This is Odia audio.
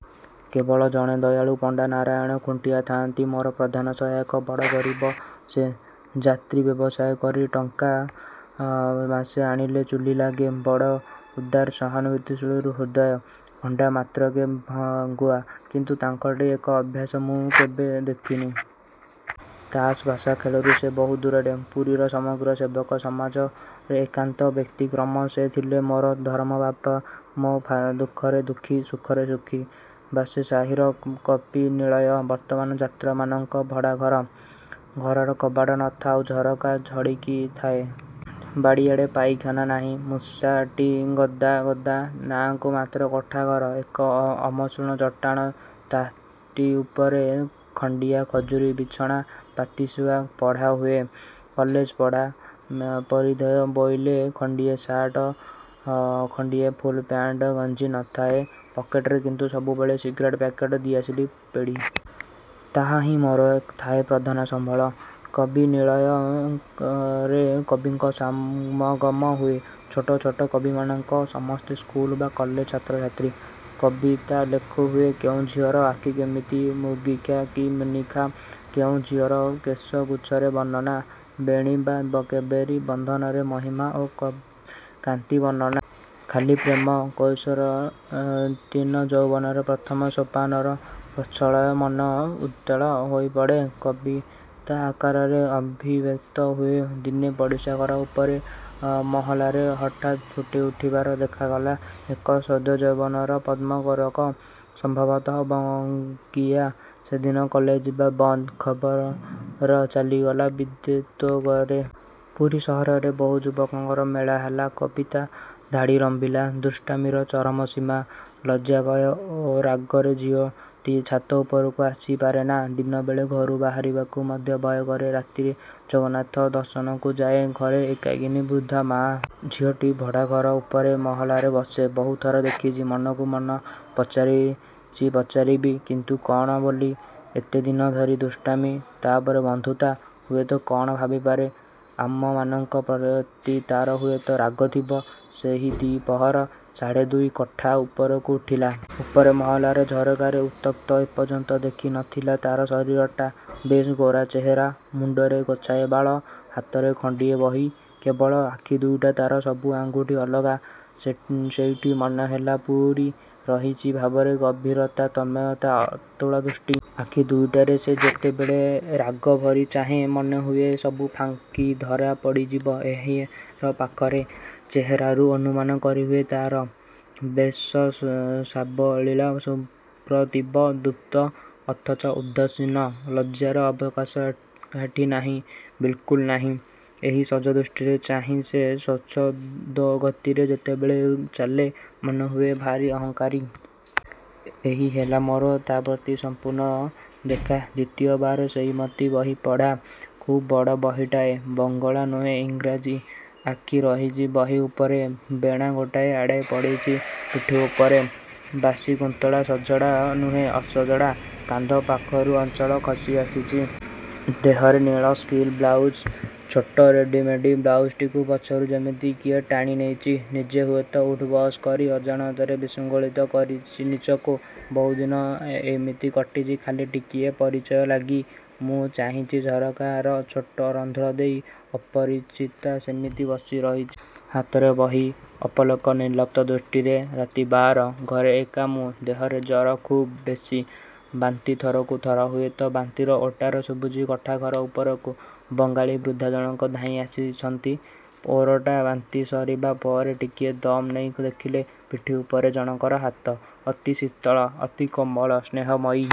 କେବଳ ଜଣେ ଦୟାଳୁ ପଣ୍ଡା ନାରାୟଣ ଖୁଣ୍ଟିଆ ଥାଆନ୍ତି ମୋର ପ୍ରଧାନ ସହାୟକ। ବଡ଼ ଗରିବ ସେ। ଯାତ୍ରୀ ବ୍ୟବସାୟ କରି ଟଙ୍କେମସେ ଆଣିଲେ ଚୁଲୀ ଲାଗେ। ବଡ଼ ଉଦାର, ସହାନୁଭୂତିଶୀଳ ହୃଦୟ। ପଣ୍ଡା ମାତ୍ରକେ ଭାଙ୍ଗୁଆ; କିନ୍ତୁ ତାଙ୍କଠି ଏ ଅଭ୍ୟାସ ମୁଁ କେବେ ଦେଖିନି। ତାସ, ପଶା ଖେଳରୁ ସେ ବହୁ ଦୂରରେ। ପୁରୀର ସମଗ୍ର ସେବକ-ସମାଜରେ ଏକାନ୍ତ ବ୍ୟତିକ୍ରମ। ସେ ଥିଲେ ମୋର ଧରମ ବାପା। ମୋ ଦୁଃଖରେ ଦୁଃଖୀ, ସୁଖରେ ସୁଖୀ। ବାଶେଳୀସାହିର ''କବିନିଳୟ'' ବର୍ତ୍ତମାନ ଯାତ୍ରୀମାନଙ୍କ ଭଡ଼ାଘର। ଘରର କବାଟ ନ ଥାଏ, ଝରକାର ଖିଡ଼ିକି ନ ଥାଏ। ବାଡ଼ିଆଡ଼େ ପାଇଖାନା ନାହିଁ, ମୂଷାମାଟି ଗଦା ଗଦା। ନାଁକୁ ମାତ୍ର କୋଠାଘର, ଏକ ଅମସୃଣ ଚଟାଣ, ତାରି ଉପରେ ଖଣ୍ଡିଆ ଖଜୁରୀ ବିଛଣା ପାତି ଶୁଆ ପଢ଼ା ହୁଏ। କଲେଜ ପଢ଼ା। ପରିଧେୟ ବୋଇଲେ ଖଣ୍ଡିଏ ସାର୍ଟ, ଖଣ୍ଡିଏ ଫୁଲପ୍ୟାଣ୍ଟ ଗେଞ୍ଜି ନ ଥାଏ। ପକେଟରେ କିନ୍ତୁ ସବୁବେଳେ ସିଗାରେଟ୍ ପ୍ୟାକେଟ, ଦିଆସିଲି ପେଡ଼ି। ତାହା ହିଁ ମୋର ଥାଏ ପ୍ରଧାନ ସମ୍ବଳ। ''କବିନିଳୟ''ରେ କବିଙ୍କ ସମାଗମ ହୁଏ–ଛୋଟ ଛୋଟ କବିମାନଙ୍କର, ସମସ୍ତେ ସ୍କୁଲ ବା କଲେଜ ଛାତ୍ର। କବିତା ଲେଖାହୁଏ କେଉଁ ଝିଅର ଆଖି କିମିତି, ମୃଗାକ୍ଷୀ କି ମୀନାକ୍ଷୀ। କେଉଁ ଝିଅର କେଶଗୁଚ୍ଛର ବର୍ଣ୍ଣନା, ବେଣୀ ବା କବରୀ ବନ୍ଧନର ମହିମା ଓ କାନ୍ତି ବର୍ଣ୍ଣନା। ଖାଲି ପ୍ରେମ। କୈଶୋରୋତ୍ତୀର୍ଣ୍ଣ ଯୌବନର ପ୍ରଥମ ସୋପାନରେ ପ୍ରେମୋଚ୍ଛଳ ମନ ଉଦ୍ବେଳ ହୋଇପଡ଼େ। କବିତା ଆକାରରେ ଅଭିବ୍ୟକ୍ତ ହୁଏ। ଦିନେ ପଡ଼ିଶାଘର ଉପର ମହଲାରେ ହଠାତ୍ ଫୁଟିଉଠିବାର ଦେଖାଗଲା ଏକ ସଦ୍ୟ ଯୌବନର ପଦ୍ମକୋରକ। ସମ୍ଭବତଃ ବଙ୍ଗୀୟା। ସେଦିନ କଲେଜ ଯିବା ବନ୍ଦ! ଖବର ଚାଲିଗଲା ବିଦ୍ୟୁତ୍ବେଗରେ। ପୁରୀ ସହରର ବହୁ ଯୁବକଙ୍କର ମେଳା ହେଲା। କବିତାର ଧାଡ଼ି ଲମ୍ବିଲା। ଦୁଷ୍ଟାମିର ଚରମ ସୀମା। ଲଜ୍ଜା ଭୟ ଓ ରାଗରେ ଝିଅଟି ଛାତ ଉପରକୁ ଆସିପାରେନା। ଦିନବେଳେ ଘରୁ ବାହାରିବାକୁ ମଧ୍ୟ ଭୟ କରେ। ରାତିରେ ଜଗନ୍ନାଥ ଦର୍ଶନକୁ ଯାଏ। ଘରେ ଏକାକିନୀ ବୃଦ୍ଧା ମାଆ-। ଝିଅଟି ଭଡ଼ାଘର ଉପର ମହଲାରେ ବସେ। ବହୁଥର ଦେଖିଚି, ମନକୁ ମନ ପଚାରିଚି, ପଚାରିବି-? କିନ୍ତୁ କ'ଣ ବୋଲି? ଏତେଦିନ ଧରି ଦୁଷ୍ଟାମି, ତାପରେ ବନ୍ଧୁତା? ହୁଏତ କ'ଣ ଭାବିପାରେ-! ଆମମାନଙ୍କ ପ୍ରତି ତାର ହୁଏତ ରାଗ ଥିବ। ସେହି ଦି'ପହର। ସାଢ଼େ ଦୁଇ। କୋଠା ଉପରକୁ ଉଠିଲି। ଉପର ମହଲାର ଝରକା ଉନ୍ମୁକ୍ତ। ଏପର୍ଯ୍ୟନ୍ତ ଦେଖି ନ ଥିଲି ତାର ଶରୀରଟା। ବେଶ୍ ଗୋରା ଚେହେରା। ମୁଣ୍ଡରେ ଗୋଛାଏ ବାଳ, ହାତରେ ଖଣ୍ଡିଏ ବହି, କେବଳ ଆଖି ଦିଇଟା ତାର ସବୁ ଅଙ୍ଗଠାରୁ ଅଲଗା। ସେଇଠି ମନେହେଲା ପୂରି ରହିଛି ଭାବରେ ଗଭୀରତା ତନ୍ମୟତା, ଅତଳଦୃଷ୍ଟି। ଆଖି ଦୁଇଟାରେ ସେ ଯେତେବେଳେ ରାଗ ଭରି ଚାହେଁ, ମନେହୁଏ ସବୁ ଫାଙ୍କି ଧରା ପଡ଼ିଯିବ ଏହାରି ପାଖରେ। ଚେହେରାରୁ ଅନୁମାନ କରିହୁଏ ତାର। ବେଶ ସାବଲୀଳ, ସପ୍ରତିଭ, ଦୃପ୍ତ। ଅଥଚ ଉଦାସୀନ। ଲଜ୍ଜାର ଅବକାଶ ଏହାଠି ନାହିଁ, ବିଲକୁଲ ନାହିଁ। ଏହି ସହଜଦୃଷ୍ଟିରେ ଚାହିଁ ସେ ସ୍ୱଚ୍ଛନ୍ଦଗତିରେ ଯେତେବେଳେ ଚାଲେ, ମନେହୁଏ ଭାରି ଅହଙ୍କାରୀ। ଏହି ହେଲା ମୋର ତା ପ୍ରତି ସମ୍ପୂର୍ଣ୍ଣ ଦେଖା। ଦ୍ୱିତୀୟ ବାର ସେଇମିତି ବହିପଢ଼ା। ଖୁବ୍ ବଡ଼ ବହିଟାଏ। ବଙ୍ଗଳା ନୁହେଁ, ଇଂରେଜୀ। ଆଖି ରହିଚି ବହି ଉପରେ। ବେଣା ଗୋଟାଏ ଆଡ଼େଇ ପଡ଼ିଚି ପିଠ ଉପରେ। ବାସିକୁନ୍ତଳ, ସଜଡ଼ା ନୁହେଁ, ଅସଜଡ଼ା। କାନ୍ଧ ପାଖରୁ ଅଞ୍ଚଳ ଖସିଆସିଚି। ଦେହରେ ନୀଳ ସିଲ୍କ ବ୍ଳାଉଜ। ଛୋଟ ରେଡ଼ିମେଡ଼ ବ୍ଳାଉଜଟିକୁ ପଛରୁ ଯେମିତି କିଏ ଟାଣିନେଇଚି। ନିଜେ ହୁଏତ ଉଠୁବସ କରି ଅଜାଣତରେ ବିଶୃଙ୍ଖଳ କରିଚି ନିଜକୁ। ବହୁଦିନ ଏଇମିତି କଟିଚି ଖାଲି ଟିକିଏ ପରିଚୟ ଲାଗି। ମୁଁ ଚାହିଁଚି ଝରକାର ଛୋଟ ରନ୍ଧ୍ର ଦେଇ। ଅପରିଚିତା ସେମିତି ବସିରହିଚି। ହାତରେ ବହି, ଅପଲକ ନିର୍ଲିପ୍ତ ଦୃଷ୍ଟିରେ। ରାତି ବାର। ଘରେ ଏକା ମୁଁ, ଦେହରେ ଜର ଖୁବ୍ ବେଶୀ। ବାନ୍ତି ଥରକୁ ଥର, ହୁଏତ ବାନ୍ତିର ଓଟାର ଶୁଭିଚି କୋଠା ଉପରକୁ। ବଙ୍ଗାଳୀ ବୃଦ୍ଧା ଜଣକ ଧାଇଁ ଆସିଚନ୍ତି। ଓଟାର ବାନ୍ତି ସରିବା ପରେ ଟିକିଏ ଦମ୍ ନେଇ ଦେଖିଲି, ପିଠି ଉପରେ ଜଣଙ୍କର ହାତ–ଅତି ଶୀତଳ, ଅତି କୋମଳ, ସ୍ନେହମୟ।